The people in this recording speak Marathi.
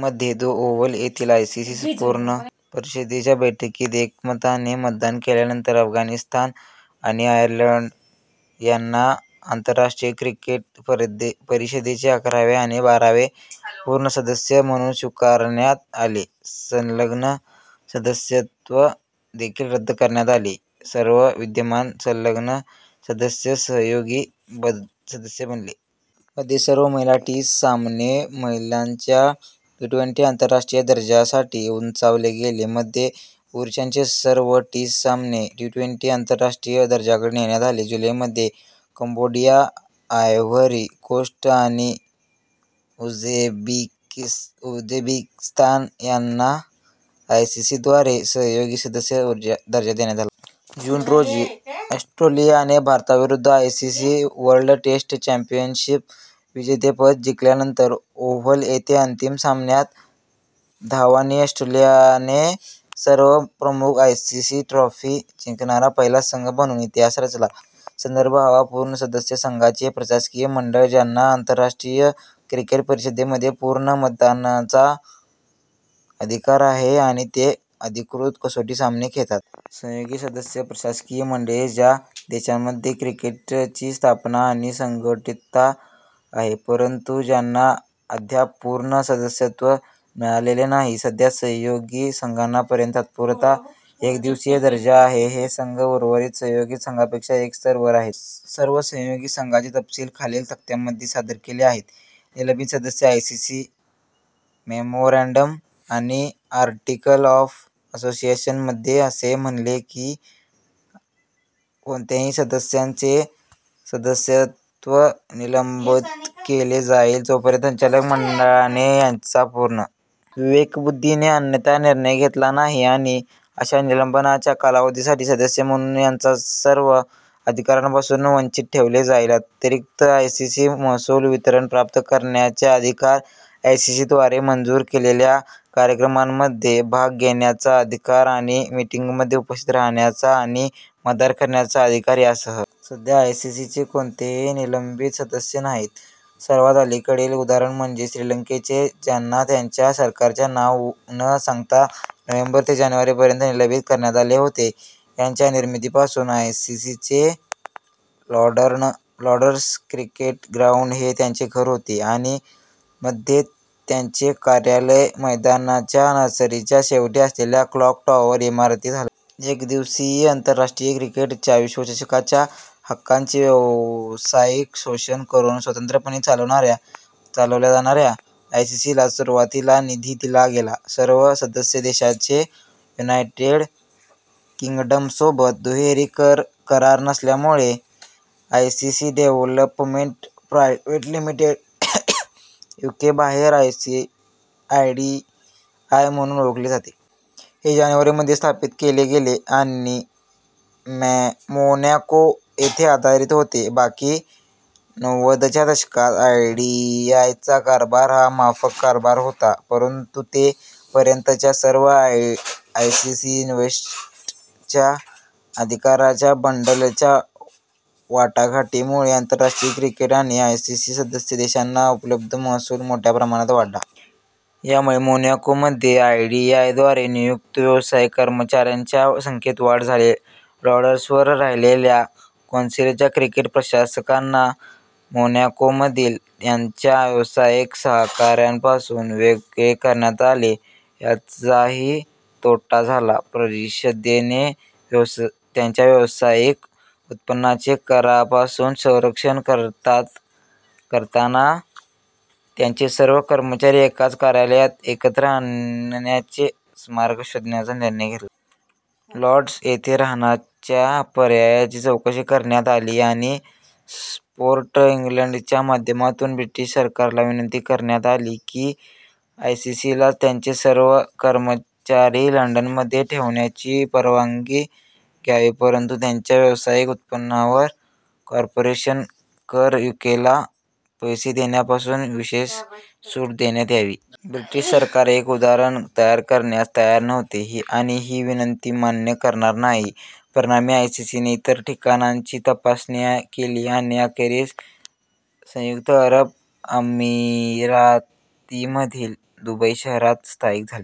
मध्ये, द ओव्हल येथील आयसीसी पूर्ण परिषदेच्या बैठकीत एकमताने मतदान केल्यानंतर अफगाणिस्तान आणि आयर्लंड यांना आंतरराष्ट्रीय क्रिकेट परिषदेचे अकरावे आणि बारावे पूर्ण सदस्य म्हणून स्वीकारण्यात आले. संलग्न सदस्यत्व देखील रद्द करण्यात आले, सर्व विद्यमान संलग्न सदस्य सहयोगी सदस्य बनले. मध्ये, सर्व महिला टी- सामने महिलांच्या ट्वेंटी- आंतरराष्ट्रीय दर्जासाठी उंचावले गेले. मध्ये, पुरुषांचे सर्व टी- सामने ट्वेन्टी- आंतरराष्ट्रीय दर्जाकडे नेण्यात आले. जुलै मध्ये, कंबोडिया, आयव्हरी कोस्ट, आणि उझबेकिस्तान यांना आयसीसीद्वारे सहयोगी सदस्य दर्जा देण्यात आला. जून रोजी, ऑस्ट्रेलियाने भारताविरुद्ध आयसीसी वर्ल्ड टेस्ट चॅम्पियनशिप विजेतेपद जिंकल्यानंतर, ओव्हल येथे अंतिम सामन्यात धावांनी, ऑस्ट्रेलियाने सर्व प्रमुख आयसीसीट्रॉफी जिंकणारा पहिला संघ बनून इतिहास रचला. संदर्भ हवा पूर्ण सदस्य – संघांचे प्रशासकीय मंडळ ज्यांना आंतरराष्ट्रीय क्रिकेट परिषदेमध्ये पूर्ण मतदानाचा अधिकार आहे आणि ते अधिकृत कसोटी सामने खेळतात. सहयोगी सदस्य – प्रशासकीय मंडळे ज्या देशांमध्ये क्रिकेटची स्थापना आणि संघटितता आहे, परंतु त्यांना अद्याप पूर्ण सदस्यत्व मिळालेले नाही. सध्या, सहयोगी संघांना पर्यंत तात्पुरता एकदिवसीय दर्जा आहे. हे संघ उर्वरित सहयोगी संघांपेक्षा एक स्तर वर आहेत. सर्व सहयोगी संघांचे तपशील खालील तक्त्यामध्ये सादर केले आहेत: निलंबित सदस्य – आयसीसी मेमोरँडम आणि आर्टिकल ऑफ असोसिएशनमध्ये असे म्हणले आहे की "कोणत्याही सदस्याचे सदस्यत्व निलंबित केले जाईल, जोपर्यंत संचालक मंडळाने त्याच्या पूर्ण विवेकबुद्धीने अन्यथा निर्णय घेतला नाही, आणि अशा निलंबनाच्या कालावधीसाठी, सदस्य म्हणून त्याच्या सर्व अधिकारांपासून वंचित ठेवले जाईल, अतिरिक्त आयसीसी महसूल वितरण प्राप्त करण्याचा अधिकार, आयसीसी द्वारे मंजूर केलेल्या कार्यक्रमांमध्ये भाग घेण्याचा अधिकार आणि मीटिंगमध्ये उपस्थित राहण्याचा आणि मतदान करण्याचा अधिकार यासह. सध्या आयसीसीचे कोणतेही निलंबित सदस्य नाहीत, सर्वात अलीकडील उदाहरण म्हणजे श्रीलंकेचे, ज्यांना त्यांच्या सरकारच्या नाव न सांगता नोव्हेंबर ते जानेवारी पर्यंत निलंबित करण्यात आले होते. त्याच्या निर्मितीपासून, आयसीसीचे लॉर्ड्स क्रिकेट ग्राउंड हे त्याचे घर होते आणि मध्ये त्याचे कार्यालय मैदानाच्या नर्सरीच्या शेवटी असलेल्या "क्लॉक टॉवर" इमारतीत हलवले. एकदिवसीय आंतरराष्ट्रीय क्रिकेटच्या विश्वचषकाच्या हक्कांचे व्यावसायिक शोषण करून स्वतंत्रपणे चालवल्या जाणाऱ्या आयसीसीला सुरुवातीला निधी दिला गेला. सर्व सदस्य देशांचे युनायटेड किंगडमसोबत दुहेरी-कर करार नसल्यामुळे, आयसीसी डेव्हलपमेंट प्रा. लि, यूके बाहेर आयडीआय म्हणून ओळखले जाते. हे जानेवारी मध्ये स्थापित केले गेले आणि मोनॅको येथे आधारित होते. बाकी नव्वदच्या दशकात आयडीआयचा कारभार हा माफक कारभार होता. परंतु ते पर्यंतच्या सर्व आयसीसी इव्हेंट्सच्या अधिकारांच्या बंडलच्या वाटाघाटीमुळे, आंतरराष्ट्रीय क्रिकेट आणि आयसीसी सदस्य देशांना उपलब्ध महसूल मोठ्या प्रमाणात वाढला. यामुळे मोनॅकोमध्ये आयडीआयद्वारे नियुक्त व्यावसायिक कर्मचाऱ्यांच्या संख्येत वाढ झाली. लॉर्ड्सवर राहिलेल्या कौन्सिलच्या क्रिकेट प्रशासकांना मोनॅकोमधील त्यांच्या व्यावसायिक सहकाऱ्यांपासून वेगळे करण्यात आले याचाही तोटा झाला. परिषदेने त्यांच्या व्यावसायिक उत्पन्नाचे करापासून संरक्षण करताना त्यांचे सर्व कर्मचारी एकाच कार्यालयात एकत्र आणण्याचे मार्ग शोधण्याचा निर्णय घेतला. लॉर्ड्स येथे राहण्याच्या पर्यायाची चौकशी करण्यात आली आणि स्पोर्ट इंग्लंडच्या माध्यमातून ब्रिटिश सरकारला विनंती करण्यात आली की, आयसीसीला त्यांचे सर्व कर्मचारी लंडनमध्ये ठेवण्याची परवानगी द्यावी परंतु त्याच्या व्यावसायिक उत्पन्नावर कॉर्पोरेशन कर यूकेला पैसे देण्यापासून विशेष सूट देण्यात यावी. ब्रिटिश सरकार एक उदाहरण तयार करण्यास तयार नव्हते आणि ही विनंती मान्य करणार नाही. परिणामी, आयसीसीने इतर ठिकाणांची तपासणी केली आणि अखेरीस संयुक्त अरब अमिरातीमधील दुबई शहरात स्थायिक झाले.